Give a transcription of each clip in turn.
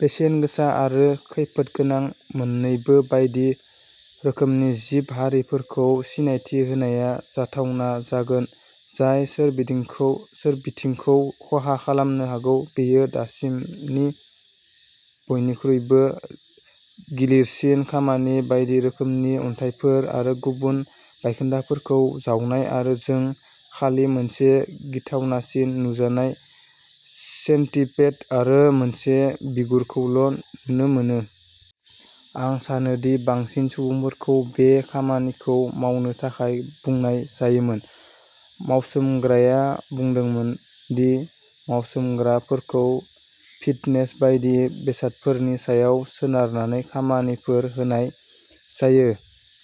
बेसेन गोसा आरो खैफोदगोनां मोननैबो बायदि रोखोमनि जिब-हारिफोरखौ सिनायथि होनाया जाथावना जागोन जाय सोरबिथिंखौ सोरबिथिंखौ खहा खालामनो हागौ। बेयो दासिमनि बयनिख्रुइबो गिलिरसिन खामानि, बायदि रोखोमनि अन्थाइफोर आरो गुबुन बायखोन्दाफोरखौ जावनाय आरो जों खालि मोनसे गिथावसिन नुजानाय सेन्टिपेड आरो मोनसे बिगुरखौल' नुनो मोनो। आं सानो दि बांसिन सुबुंफोरखौ बे खामानिखौ मावनो थाखाय बुंनाय जायामोन, मावसोमग्राया बुंदोंमोन दि मावसोमग्राफोरखौ फिटनेस बायदि बेसादफोरनि सायाव सोनारनानै खामानिफोर होनाय जायो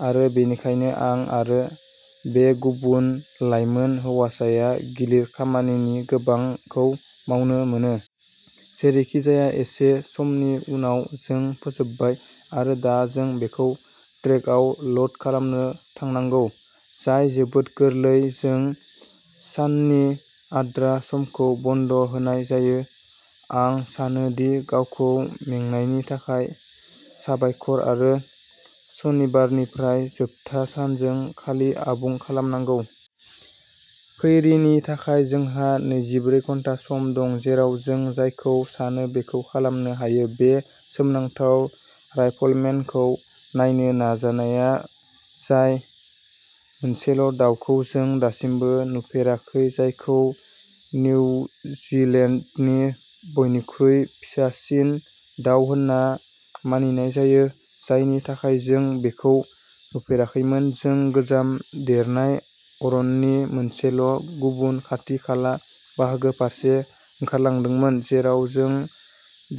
आरो बेनिखायनो आं आरो बे गुबुन लाइमोन हौवासाया गिलिर खामानिनि गोबांखौ मावनो मोनो। जेरैखिजाया एसे समनि उनाव जों फोजोबबाय आरो दा जों बेखौ ट्रेकआव ल'ड खालामनो थांनांगौ जाय जोबोद गोरलै। जों साननि आद्रा समखौ बन्द' होनाय जायो, आं सानो दि गावखौ मेंनायनि थाखाय साबायखर। आरो शनिबारनिफ्राय जोबथा सानजों खालि आबुं खालामनांगौ। फैरिनि थाखाय जोंहा नैजिब्रै घन्टा सम दं, जेराव जों जायखौ सानो बेखौ खालामनो हायो। बे सोमोनांथाव राइफलमेनखौ नायनो नाजानाया, जाय मोनसेल' दाउखौ जों दासिमबो नुफेराखै जायखौ निउजिलेन्डनि बयनिख्रुइ फिसासिन दाउ होनना मानिनाय जायो, जायनि थाखाय जों बेखौ नुफेराखैमोन जों गोजाम देरनाय अरननि मोनसेल' गुबुन खाथि-खाला बाहागो फारसे ओंखारलांदोंमोन, जेराव जों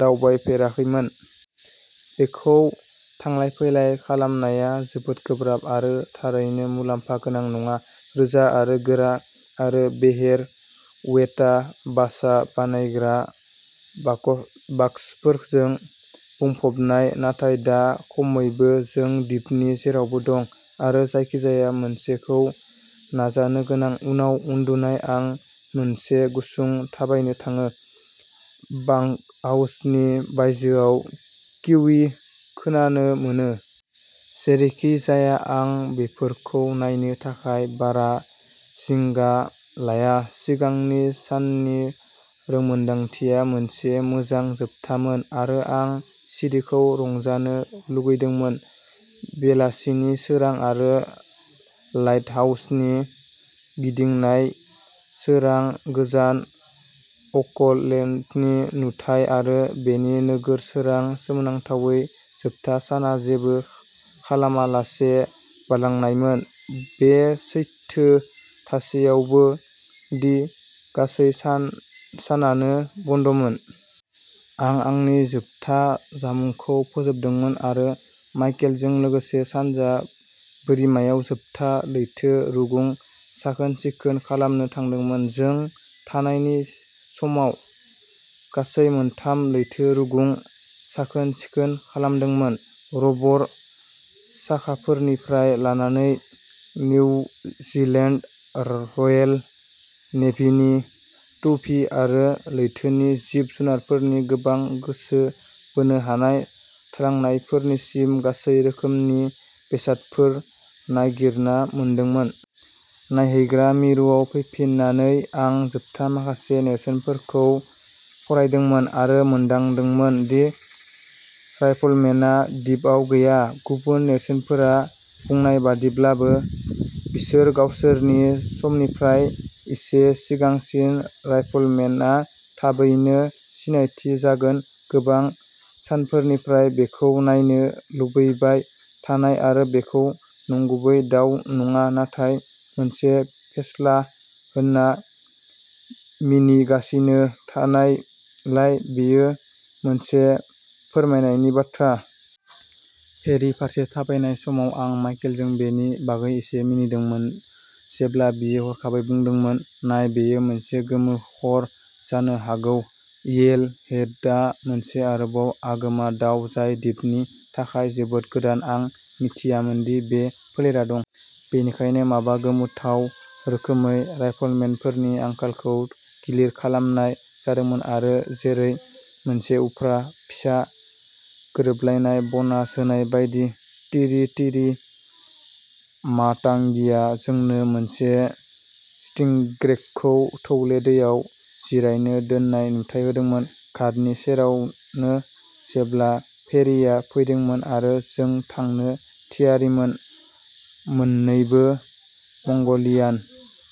दावबायफेराखैमोन। बेखौ थांलाय-फैलाय खालामनाया जोबोद गोब्राब आरो थारैनो मुलाम्फा गोनां नङा, रोजा आरो गोरा आरो बेहेर, वेटा बासा बानायग्रा बाक बाक्सफोरजों बुंफबनाय। नाथाय दा खमैबो जों दिपनि जेरावबो दं आरो जायखिजाया मोनसेखौ नाजानो गोनां। उनाव उन्दुनाय, आं मोनसे गुसुं थाबायनो थाङो, बांकहाउसनि बायजोआव किवी खोनानो मोनो। जेरैखिजाया आं बेफोरखौ नायनो थाखाय बारा जिंगा लाया। सिगांनि साननि रोंमोनदांथिया मोनसे मोजां जोबथामोन आरो आं सिरिखौ रंजानो लुगैदोंमोन। बेलासानि सोरां आरो लाइटहाउसनि गिदिंनाय सोरां, गोजान अकलेन्डनि नुथाय आरो बेनि नोगोर सोरां। सोमोनांथावै, जोबथा साना जेबो खालामालासे बारलांनायमोन, बे सैथो थासेयावबो दि गासै सान सानानो बन्दमोन। आं आंनि जोबथा जामुंखौ फोजोबदोंमोन आरो माइकेलजों लोगोसे सानजा बोरिमायाव जोबथा लैथो रुगुं साखोन-सिखोन खालामनो थांदोंमोन। जों थानायनि समाव गासै मोनथाम लैथो रुगुं साखोन-सिखोन खालामदोंमोन, रबर साखाफोरनिफ्राय लानानै निउजिलेन्ड रयेल नेभिनि टुपि आरो लैथोनि जिब-जुनारफोरनि गोबां गोसो बोनो हानाय थालांनायफोरसिम गासै रोखोमनि बेसादफोर नागिरना मोनदोंमोन। नायहैग्रा मिरुआव फैफिन्नानै, आं जोबथा माखासे नेरसोनफोरखौ फरायदोंमोन आरो मोनदांदोंमोन दि राइफलमेनआ दिपआव गैया, गुबुन नेरसोनफोरा बुंनाय बायदिब्लाबो। बिसोर गावसोरनि समनिफ्राय एसे सिगांसिन राइफलमेनआ थाबैनो सिनायथि जागोन। गोबां सानफोरनिफ्राय बेखौ नायनो लुबैबाय थानाय आरो बेखौ नंगुबै दाउ नङा, नाथाय मोनसे फेस्ला होनना मिनिगासिनो थानायलाय, बेयो मोनसे फोरमायनायनि बाथ्रा। फेरि फारसे थाबायनाय समाव, आं माइकेलजों बेनि बागै एसे मिनिदोंमोन जेब्ला बियो हरखाबै बुंदोंमोन- "नाय, बेयो मोनसे गोमो खर" जानो हागौ येल' हेडआ मोनसे आरोबाव आगोमा दाउ जाय दिपनि थाखाय जोबोद गोदान। आं मिथियामोन दि बे फोलेरा दं। बेनिखायनो माबा गोमोथाव रोखोमै, राइफलमेनफोरनि आंखालखौ गिलिर खालामनाय जादोंमोन आरो जेरै मोनसे उफ्रा फिसा गोरोबलायनाय बनास होनाय बायदि, तिरितिरि मातांगिआ जोंनो मोनसे स्टिंग्रेखौ थौले दैयाव जिरायनो दोननाय नुथाइ होदोंमोन, घाटनि सेरावनो जेब्ला फेरिआ फैदोंमोन आरो जों थांनो थियारिमोन। मोननैबो मंगलियान।